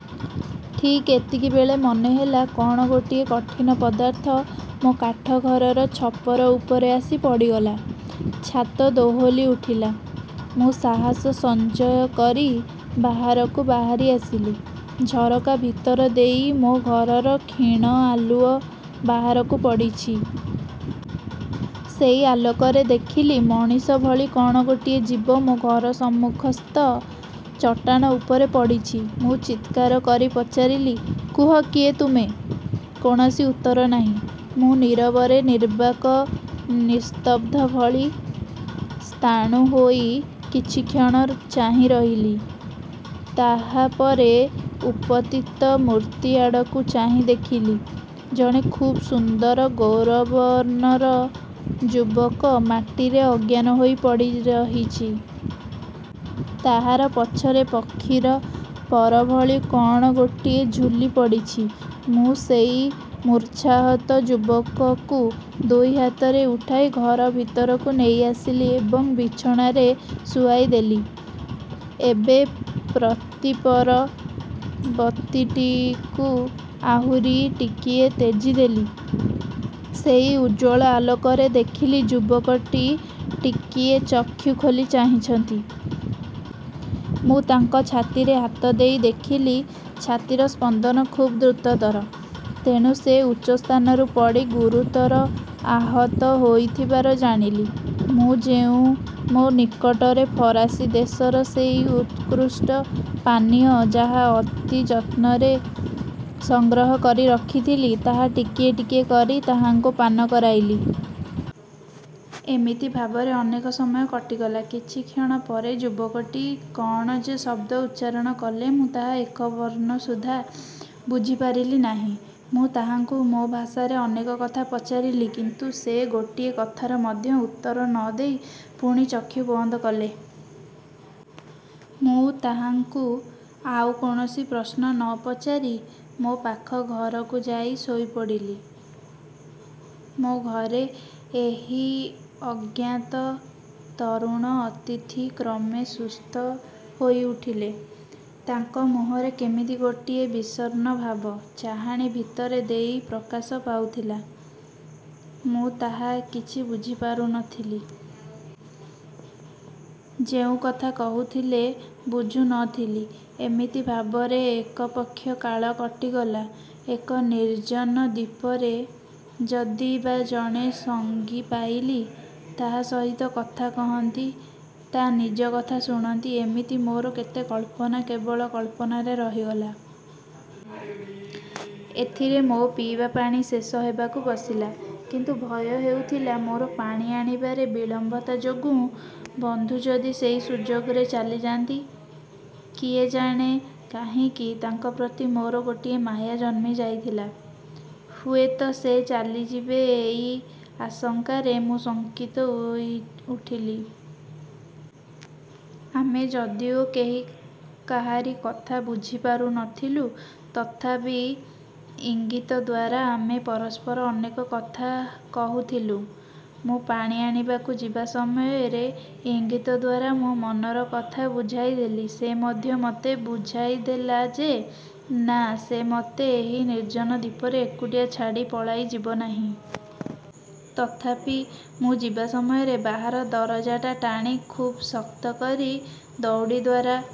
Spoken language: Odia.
ଠିକ୍ ଏତିକିବେଳେ ମନେହେଲା କ'ଣ ଗୋଟିଏ କଠିନ ପଦାର୍ଥ ମୋ କାଠ ଘରର ଛପର ଉପରେ ଆସି ପଡ଼ିଗଲା। ଛାତ ଦୋହଲି ଉଠିଲା। ମୁଁ ସାହସ ସଞ୍ଚୟ କରି ବାହାରକୁ ବାହାରି ଆସିଲି। ଝରକା ଭିତର ଦେଇ ମୋ ଘରର କ୍ଷୀଣ ଆଲୁଅ ବାହାରକୁ ପଡ଼ିଛି। ସେଇ ଆଲୋକରେ ଦେଖିଲି, ମଣିଷଭଳି କ'ଣ ଗୋଟିଏ ଜୀବ ମୋ ଘର ସମ୍ମୁଖସ୍ଥ ଚଟାଣ ଉପରେ ପଡ଼ିଛି। ମୁଁ ଚିତ୍କାର କରି ପଚାରିଲି-କୁହ, କିଏ ତୁମେ? କୌଣସି ଉତ୍ତର ନାହିଁ। ମୁଁ ନୀରବରେ ନିର୍ବାକ ନିସ୍ତବ୍ଧଭଳି। ସ୍ଥାଣୁ ହୋଇ କିଛିକ୍ଷଣ ଚାହିଁରହିଲି। ତାହାପରେ ଉପତିତ ମୂର୍ତ୍ତି ଆଡ଼କୁ ଚାହିଁ ଦେଖିଲି, ଜଣେ ଖୁବ୍ ସୁନ୍ଦର ଗୌରବର୍ଣ୍ଣର ଯୁବକ ମାଟିରେ ଅଜ୍ଞାନ ହୋଇ ପଡ଼ିରହିଛି। ତାହାର ପଛରେ ପକ୍ଷୀର ପରଭଳି କ'ଣ ଗୋଟିଏ ଝୁଲି ପଡ଼ିଛି। ମୁଁ ସେଇ ମୂର୍ଚ୍ଛାହତ ଯୁବକକୁ ଦୁଇ ହାତରେ ଉଠାଇ ଘର ଭିତରକୁ ନେଇଆସିଲି ଏବଂ ବିଛଣାରେ ଶୁଆଇଦେଲି। ଏବେ ପ୍ରଦୀପର ବତୀଟିକୁ ଆହୁରି ଟିକିଏ ତେଜି ଦେଲି। ସେଇ ଉଜ୍ଜ୍ୱଳ ଆଲୋକରେ ଦେଖିଲି ଯୁବକଟି ଟିକିଏ ଚକ୍ଷୁ ଖୋଲି ଚାହିଁଛନ୍ତି। ମୁଁ ତାଙ୍କ ଛାତିରେ ହାତ ଦେଇ ଦେଖିଲି ଛାତିର ସ୍ପନ୍ଦନ ଖୁବ୍ ଦ୍ରୁତତର। ତେଣୁ ସେ ଉଚ୍ଚ ସ୍ଥାନରୁ ପଡ଼ି ଗୁରୁତର ଆହତ ହୋଇଥିବାର ଜାଣିଲି। ମୁଁ ଯେଉଁ ମୋ ନିକଟରେ ଫରାସୀ ଦେଶର ସେଇ ଉତ୍କୃଷ୍ଟ ପାନୀୟ ଯାହା ଅତି ଯତ୍ନରେ ସଂଗ୍ରହ କରି ରଖିଥିଲି, ତାହା ଟିକିଏ ଟିକିଏ କରି ତାହାଙ୍କୁ ପାନ କରାଇଲି। ଏମିତି ଭାବରେ ଅନେକ ସମୟ କଟିଗଲା। କିଛିକ୍ଷଣ ପରେ ଯୁବକଟି କ'ଣ ଯେ ଶବ୍ଦ ଉଚ୍ଚାରଣ କଲେ, ମୁଁ ତାହା ଏକବର୍ଣ୍ଣ ସୁଦ୍ଧା ବୁଝିପାରିଲି ନାହିଁ। ମୁଁ ତାହାଙ୍କୁ ମୋ ଭାଷାରେ ଅନେକ କଥା ପଚାରିଲି; କିନ୍ତୁ ସେ ଗୋଟିଏ କଥାର ମଧ୍ୟ ଉତ୍ତର ନ ଦେଇ ପୁଣି ଚକ୍ଷୁ ବନ୍ଦ କଲେ। ମୁଁ ତାହାଙ୍କୁ ଆଉ କୌଣସି ପ୍ରଶ୍ନ ନ ପଚାରି ମୋ ପାଖ ଘରକୁ ଯାଇ ଶୋଇପଡ଼ିଲି। ମୋ ଘରେ ଏହି ଅଜ୍ଞାତ ତରୁଣ ଅତିଥି କ୍ରମେ ସୁସ୍ଥ ହୋଇଉଠିଲେ। ତାଙ୍କ ମୁହଁରେ କେମିତି ଗୋଟିଏ ବିଷଣ୍ଣ ଭାବ, ଚାହାଣି ଭିତର ଦେଇ ପ୍ରକାଶ ପାଉଥିଲା। ମୁଁ ତାହା କିଛି ବୁଝିପାରୁନଥିଲି। ଯେଉଁ କଥା କହୁଥିଲେ, ବୁଝୁ ନ ଥିଲି। ଏମିତି ଭାବରେ ଏକପକ୍ଷ କାଳ କଟିଗଲା। ଏକ ନିର୍ଜନ ଦ୍ୱୀପରେ ଯଦି ବା ଜଣେ ସଙ୍ଗୀ ପାଇଲି, ତାହା ସହିତ କଥା କହନ୍ତି, ତା' ନିଜ କଥା ଶୁଣନ୍ତି-ଏମିତି ମୋର କେତେ କଳ୍ପନା କେବଳ କଳ୍ପନାରେ ରହିଗଲା। ଏଥିରେ ମୋ ପିଇବା ପାଣି ଶେଷ ହେବାକୁ ବସିଲା। କିନ୍ତୁ ଭୟ ହେଉଥିଲା, ମୋର ପାଣି ଆଣିବାରେ ବିଳମ୍ବତା ଯୋଗୁଁ ବନ୍ଧୁ ଯଦି ସେଇ ସୁଯୋଗରେ ଚାଲିଯାଆନ୍ତି! କିଏ ଜାଣେ କାହିଁକି ତାଙ୍କ ପ୍ରତି ମୋର ଗୋଟିଏ ମାୟା ଜନ୍ମି ଯାଇଥିଲା। ହୁଏତ ସେ ଚାଲିଯିବେ ଏଇ ଆଶଙ୍କାରେ ମୁଁ ଶଙ୍କିତ ହୋଇଉଠିଲି। ଆମେ ଯଦିଓ କେହି କାହାରି କଥା ବୁଝିପାରୁନଥିଲୁଁ, ତଥାପି ଇଙ୍ଗିତଦ୍ୱାରା ଆମେ ପରସ୍ପର ଅନେକ କଥା କହୁଥିଲୁଁ। ମୁଁ ପାଣି ଆଣିବାକୁ ଯିବା ସମୟରେ ଇଙ୍ଗିତଦ୍ୱାରା ମୋ ମନର କଥା ବୁଝାଇଦେଲି। ସେ ମଧ୍ୟ ମୋତେ ବୁଝାଇଦେଲା ଯେ-ନା, ସେ ମୋତେ ଏହି ନିର୍ଜନ ଦ୍ୱୀପରେ ଏକୁଟିଆ ଛାଡ଼ି ପଳାଇ ଯିବ ନାହିଁ। ତଥାପି ମୁଁ ଯିବା ସମୟରେ ବାହାର ଦରଜାଟା ଟାଣି ଖୁବ୍ ଶକ୍ତ କରି ଦଉଡ଼ିଦ୍ୱାରା